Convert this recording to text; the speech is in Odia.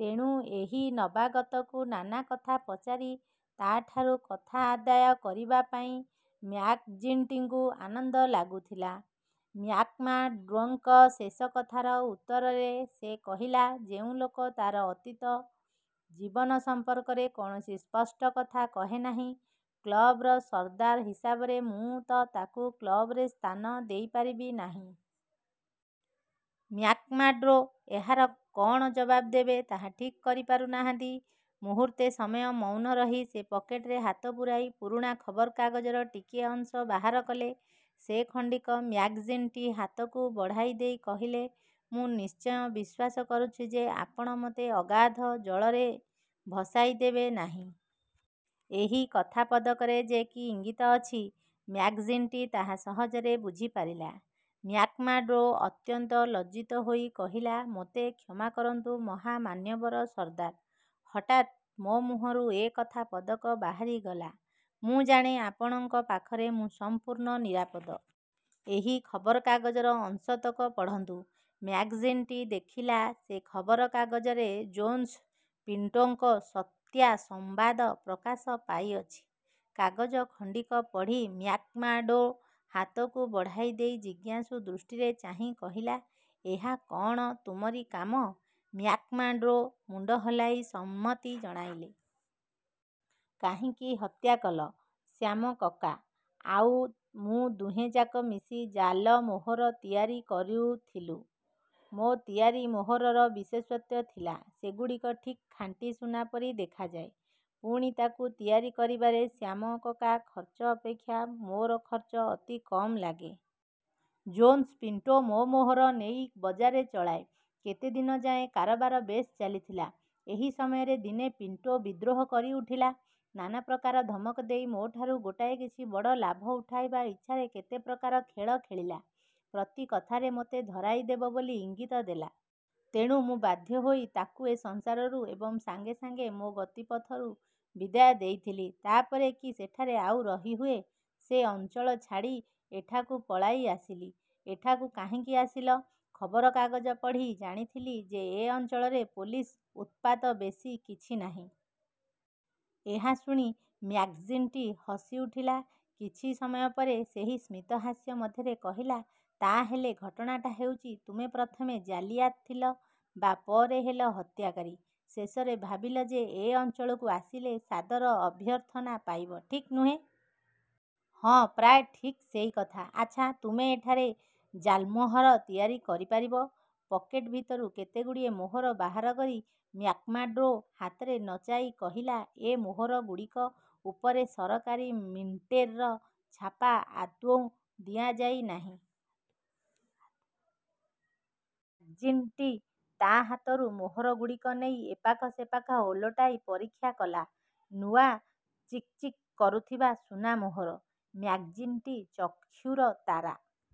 ତେଣୁ ଏହି ନବାଗତକୁ ନାନା କଥା ପଚାରି ତାଠାରୁ କଥା ଆଦାୟ କରିବା ପାଇଁ ମ୍ୟାକ୍ଜିଣ୍ଟିକୁ ଆନନ୍ଦ ଲାଗୁଥିଲା। ମ୍ୟାକ୍ମାର୍ଡ଼ୋଙ୍କ ଶେଷ କଥାର ଉତ୍ତରରେ ସେ କହିଲା, ''ଯେଉଁ ଲୋକ ତାର ଅତୀତ ଜୀବନ ସମ୍ପର୍କରେ କୌଣସି ସ୍ପଷ୍ଟ କଥା କହେ ନାହିଁ, କ୍ଳବର ସର୍ଦ୍ଦାର ହିସାବରେ ମୁଁ ତ ତାକୁ କ୍ଳବରେ ସ୍ଥାନ ଦେଇପାରିବି ନାହିଁ। '' ମ୍ୟାକ୍ମାର୍ଡ଼ୋ ଏହାର କଅଣ ଜବାବ ଦେବେ, ତାହା ଠିକ୍ କରିପାରୁ ନାହାନ୍ତି। ମୁହୂର୍ତ୍ତେ ସମୟ ମୌନ ରହି ସେ ପକେଟରେ ହାତ ପୂରାଇ ପୁରୁଣା ଖବରକାଗଜର ଟିକିଏ ଅଂଶ ବାହାର କଲେ। ସେ ଖଣ୍ଡିକ ମ୍ୟାକ୍ଜିଣ୍ଟି ହାତକୁ ବଢ଼ାଇଦେଇ କହିଲେ, ''ମୁଁ ନିଶ୍ଚୟ ବିଶ୍ୱାସ କରୁଛି ଯେ, ଆପଣ ମୋତେ ଅଗାଧ ଜଳରେ ଭସାଇଦେବେ ନାହିଁ। '' ଏହି କଥାପଦକରେ ଯେ କି ଇଙ୍ଗିତ ଅଛି, ମ୍ୟାକ୍ଜିଣ୍ଟି ତାହା ସହଜରେ ବୁଝିପାରିଲା। '' ମ୍ୟାକ୍ମାର୍ଡ଼ୋ ଅତ୍ୟନ୍ତ ଲଜ୍ଜିତ ହୋଇ କହିଲା, ''ମୋତେ କ୍ଷମା କରନ୍ତୁ ମହାମାନ୍ୟବର ସର୍ଦ୍ଦାର! ହଠାତ୍ ମୋ ମୁହଁରୁ ଏ କଥାପଦକ ବାହାରିଗଲା। ମୁଁ ଜାଣେ, ଆପଣଙ୍କ ପାଖରେ ମୁଁ ସମ୍ପୂର୍ଣ୍ଣ ନିରାପଦ। ଏହି ଖବରକାଗଜର ଅଂଶତକ ପଢ଼ନ୍ତୁ। '' ମ୍ୟାକ୍ଜିଣ୍ଟି ଦେଖିଲା, ସେ ଖବରକାଗଜରେ ଜୋନ୍ସ ପିଣ୍ଟୋଙ୍କ ସତ୍ୟା ସମ୍ବାଦ ପ୍ରକାଶପାଇଅଛି। କାଗଜ ଖଣ୍ଡିକ ପଢ଼ି ମ୍ୟାକ୍ମାର୍ଡ଼ୋ ହାତକୁ ବଢ଼ାଇଦେଇ ଜିଜ୍ଞାସୁ ଦୃଷ୍ଟିରେ ଚାହିଁ କହିଲା-''ଏହା କଅଣ ତୁମରି କାମ? '' ମ୍ୟାକ୍ମାର୍ଡ଼ୋ ମୁଣ୍ଡ ହଲାଇ ସମ୍ମତି ଜଣାଇଲେ। ''କାହିଁକି ହତ୍ୟା କଲ? '' ''ଶ୍ୟାମ କକା ଆଉ ମୁଁ-ଦୁହେଁଯାକ ମିଶି ଜାଲମୋହର ତିଆରି କରୁଥିଲୁ। ମୋ ତିଆରି ମୋହରର ବିଶେଷତ୍ୱ ଥିଲା, ସେଗୁଡ଼ିକ ଠିକ୍ ଖାଣ୍ଟି ସୁନା ପରି ଦେଖାଯାଏ। ପୁଣି ତାକୁ ତିଆରି କରିବାରେ ଶ୍ୟାମ କକା ଖର୍ଚ୍ଚ ଅପେକ୍ଷା ମୋର ଖର୍ଚ୍ଚ ଅତି କମ୍ ଲାଗେ। ଜୋନ୍ସ ପିଣ୍ଟୋ ମୋ ମୋହର ନେଇ ବଜାରରେ ଚଳାଏ। କେତେଦିନ ଯାଏ କାରବାର ବେଶ୍ ଚାଲିଥିଲା। ଏହି ସମୟରେ ଦିନେ ପିଣ୍ଟୋ ବିଦ୍ରୋହ କରିଉଠିଲା। ନାନାପ୍ରକାର ଧମକ ଦେଇ ମୋଠାରୁ ଗୋଟାଏ କିଛି ବଡ଼ ଲାଭ ଉଠାଇବା ଇଚ୍ଛାରେ କେତେ ପ୍ରକାର ଖେଳ ଖେଳିଲା। ପ୍ରତି କଥାରେ ମୋତେ ଧରାଇଦେବ ବୋଲି ଇଙ୍ଗିତ ଦେଲା। ତେଣୁ ମୁଁ ବାଧ୍ୟହୋଇ ତାକୁ ଏ ସଂସାରରୁ ଏବଂ ସାଙ୍ଗେସାଙ୍ଗେ ମୋ ଗତିପଥରୁ ବିଦାୟ ଦେଇଥିଲି। ତା ପରେ କି ସେଠାରେ ଆଉ ରହି ହୁଏ! ସେ ଅଞ୍ଚଳ ଛାଡ଼ି ଏଠାକୁ ପଳାଇଆସିଲି। '' ''ଏଠାକୁ କାହିଁକି ଆସିଲ? '' ''ଖବରକାଗଜ ପଢ଼ି ଜାଣିଥିଲି ଯେ, ଏ ଅଞ୍ଚଳରେ ପୋଲିସ ଉତ୍ପାତ ବେଶି କିଛି ନାହିଁ-। ଏହା ଶୁଣି ମ୍ୟାକ୍ଜିଣ୍ଟି ହସିଉଠିଲା। କିଛି ସମୟ ପରେ ସେହି ସ୍ମିତହାସ୍ୟ ମଧ୍ୟରେ କହିଲା, ''ତାହା ହେଲେ ଘଟଣାଟା ହେଉଛି, ତୁମେ ପ୍ରଥମେ ଜାଲିୟାତ୍ ଥିଲ, ବା ପରେ ହେଲ ହତ୍ୟାକାରୀ। ଶେଷରେ ଭାବିଲ ଯେ, ଏ ଅଞ୍ଚଳକୁ ଆସିଲେ ସାଦର ଅଭ୍ୟର୍ଥନା ପାଇବ। ଠିକ୍ ନୁହେଁ? '' ''ହଁ, ପ୍ରାୟ ଠିକ୍ ସେଇ କଥା। '' ''ଆଚ୍ଛା, ତୁମେ ଏଠାରେ ଜାଲ୍ମୋହର ତିଆରି କରିପାରିବ? '' ପକେଟ ଭିତରୁ କେତେଗୁଡ଼ିଏ ମୋହର ବାହାର କରି ମ୍ୟାକ୍ମାର୍ଡ଼ୋ ହାତରେ ନଚାଇ କହିଲା, ''ଏ ମୋହରଗୁଡ଼ିକ ଉପରେ ସରକାରୀ ମିଣ୍ଟେର ଛାପା ଆଦୌ ଦିଆଯାଇ ନାହିଁ। '' ମ୍ୟାକ୍ଜିଣ୍ଟି ତା ହାତରୁ ମୋହରଗୁଡ଼ିକ ନେଇ ଏପାଖ ସେପାଖ ଓଲଟାଇ ପରୀକ୍ଷା କଲା। ନୂଆ ଚିକ୍ଚିକ୍ କରୁଥିବା ସୁନାମୋହର। ମ୍ୟାକ୍ଜିଣ୍ଟି ଚକ୍ଷୁର ତାରା